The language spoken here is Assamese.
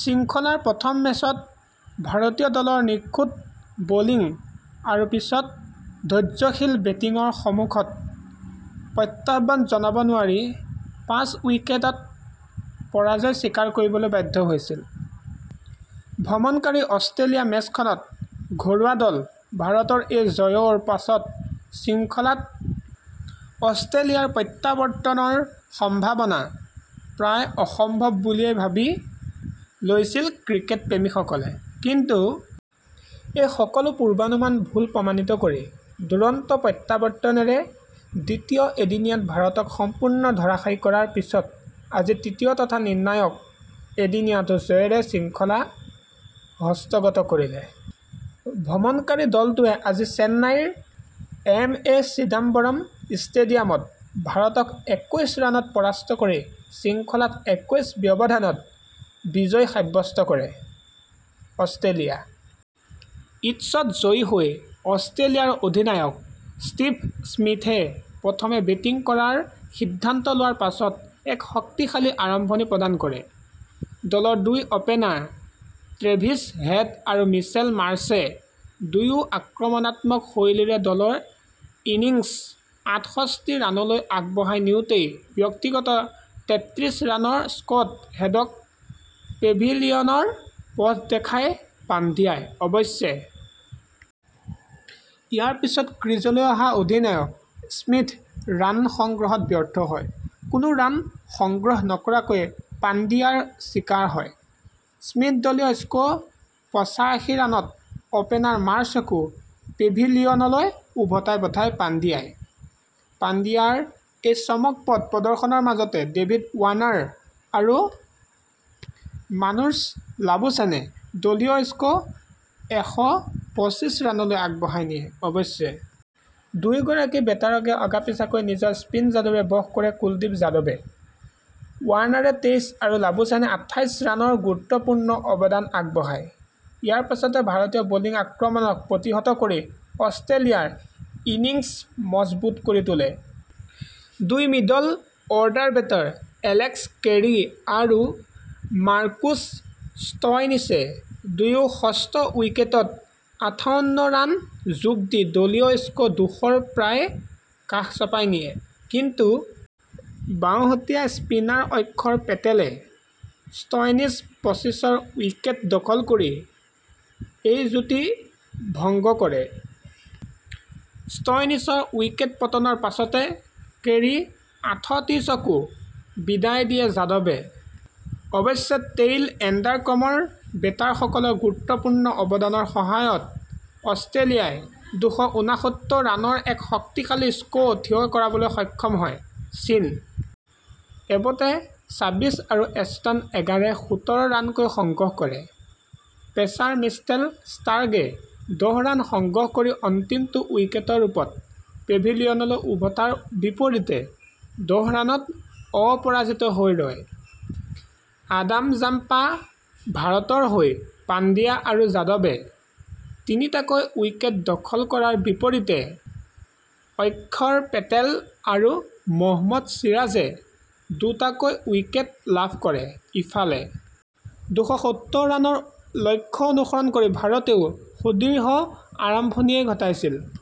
শৃংখলাৰ প্ৰথম মেচত ভাৰতীয় দলৰ নিখুঁত বলিং আৰু পিছত ধৈৰ্য্যশীল বেটিঙৰ সমুখত প্ৰত্যাহ্বান জনাব নোৱাৰি পাঁচ উইকেটত পৰাজয় স্বীকাৰ কৰিবলৈ বাধ্য হৈছিল। ভ্ৰমণকাৰী অষ্ট্ৰেলিয়া মেচখনত ঘৰুৱা দল ভাৰতৰ এই জয়ৰ পাছত শৃংখলাত অষ্ট্ৰেলিয়াৰ প্ৰত্যাৱৰ্তনৰ সম্ভাৱনা প্ৰায় অসম্ভৱ বুলিয়ে ভাবি লৈছিল ক্ৰিকেট প্ৰেমীসকলে। কিন্তু এই সকলো পূৰ্বানুমান ভুল প্ৰমাণিত কৰি দুৰন্ত প্ৰত্যাৱৰ্তনেৰে দ্বিতীয় এদিনীয়াত ভাৰতক সম্পূৰ্ণ ধৰাশায়ী কৰাৰ পিছত আজি তৃতীয় তথা নিৰ্ণায়ক এদিনীয়াতো জয়েৰে শৃংখলা হস্তগত কৰিলে। ভ্ৰমণকাৰী দলটোৱে আজি চেন্নাইৰ এম এ চিদাম্বৰম ষ্টেডিয়ামত ভাৰতক একৈছ ৰানত পৰাস্ত কৰি শৃংখলাত একৈছ ব্যৱধানত বিজয় সাব্যস্ত কৰে ।অষ্ট্ৰেলিয়া ইটছত জয়ী হৈ অষ্ট্ৰেলিয়াৰ অধিনায়ক ষ্টিভ স্মিথে প্ৰথমে বেটিং কৰাৰ সিদ্ধান্ত লোৱাৰ পাছত এক শক্তিশালী আৰম্ভণি প্ৰদান কৰে ।দলৰ দুই অপেনাৰ ট্ৰেভিছ হেড আৰু মিচেল মাৰ্শ্বে দুয়ো আক্ৰমণাত্মক শৈলীৰে দলৰ ইনিংছ আঠষষ্ঠি ৰানলৈ আগবঢ়াই নিওঁতেই ব্যক্তিগত তেত্ৰিশ ৰানৰ স্কত হেডক পেভিলিয়নৰ পথ দেখায় পাণ্ডিয়াই। অৱশ্যে ইয়াৰ পিছত ক্ৰীজলৈ অহা অধিনায়ক স্মিথ ৰান সংগ্ৰহত ব্যৰ্থ হয়। কোনো ৰান সংগ্ৰহ নকৰাকৈয়ে পাণ্ডিয়াৰ চিকাৰ হয়। স্মিথদলীয় স্ক পচাশী ৰানত অপেনাৰ মাৰ্শ্বকো পেভিলিয়নলৈ উভতাই পঠায় পাণ্ডিয়াই। পাণ্ডিয়াৰ এই চমকপ্ৰদ প্ৰদৰ্শনৰ মাজতে ডেভিদ ৱাৰ্ণাৰ আৰু মাৰ্নুচ লাবুশ্বেনে দলীয় স্ক এশ পঁচিশ ৰানলৈ আগবঢ়াই নিয়ে। অৱশ্যে দুয়োগৰাকী বেটাৰকে অগা-পিছাকৈ নিজৰ স্পীন যাদুৰে বশ কৰে কুলদীপ যাদৱে। ৱাৰ্ণাৰে তেইছ আৰু লাবুশ্বেনে আঠাইছ ৰানৰ গুৰুত্বপূৰ্ণ অৱদান আগবঢ়ায়। ইয়াৰ পাছতে ভাৰতীয় বলিং আক্ৰমণক প্ৰতিহত কৰি অষ্ট্ৰেলিয়াৰ ইনিংছ মজবুত কৰি তোলে ।দুই middle order batter Alex Carey আৰু মাৰ্কুচ ষ্টইনিছে দুয়ো ষষ্ঠ উইকেটত আঠাউণ্ণ ৰান যোগ দি দলীয় স্ক দুশ ৰ প্ৰায় কাষ চপাই নিয়ে। কিন্তু বাওঁহতীয়া স্পিনাৰ অক্ষৰ পেটেলে ষ্টইনিছ পঁচিছৰ উইকেট দখল কৰি এই যুটি ভংগ কৰে। ষ্টইনিছৰ উইকেট পতনৰ পাছতে কেৰী আঠত্ৰিছকো বিদায় দিয়ে যাদৱে। অৱশ্যে টেইল এণ্ডাৰ ক্ৰমৰ বেটাৰসকলৰ গুৰুত্বপূৰ্ণ অৱদানৰ সহায়ত অষ্ট্ৰেলিয়াই দুশ উনাসত্তৰ ৰানৰ এক শক্তিশালী স্ক থিয় কৰাবলৈ সক্ষম হয়। চিন এবটে চাবিছ আৰু এষ্টন এগাৰে সোতৰ ৰানকৈ সংগ্ৰহ কৰে। পেচাৰ মিচেল ষ্টাৰ্কে দহ ৰান সংগ্ৰহ কৰি অন্তিমটো উইকেটৰ ৰূপত পেভিলিয়নলৈ উভতাৰ বিপৰীতে দহ ৰানত অপৰাজিত হৈ ৰয়। আডাম জাম্পাভাৰতৰ হৈ পাণ্ডিয়া আৰু যাদৱে তিনিটাকৈ উইকেট দখল কৰাৰ বিপৰীতে অক্ষৰ পেটেল আৰু মহম্মদ চিৰাজে দুটাকৈ উইকেট লাভ কৰে। ইফালে দুশ সত্তৰ ৰানৰ লক্ষ্য অনুসৰণ কৰি ভাৰতেও সুদৃঢ় আৰম্ভণিয়েই ঘটাইছিল।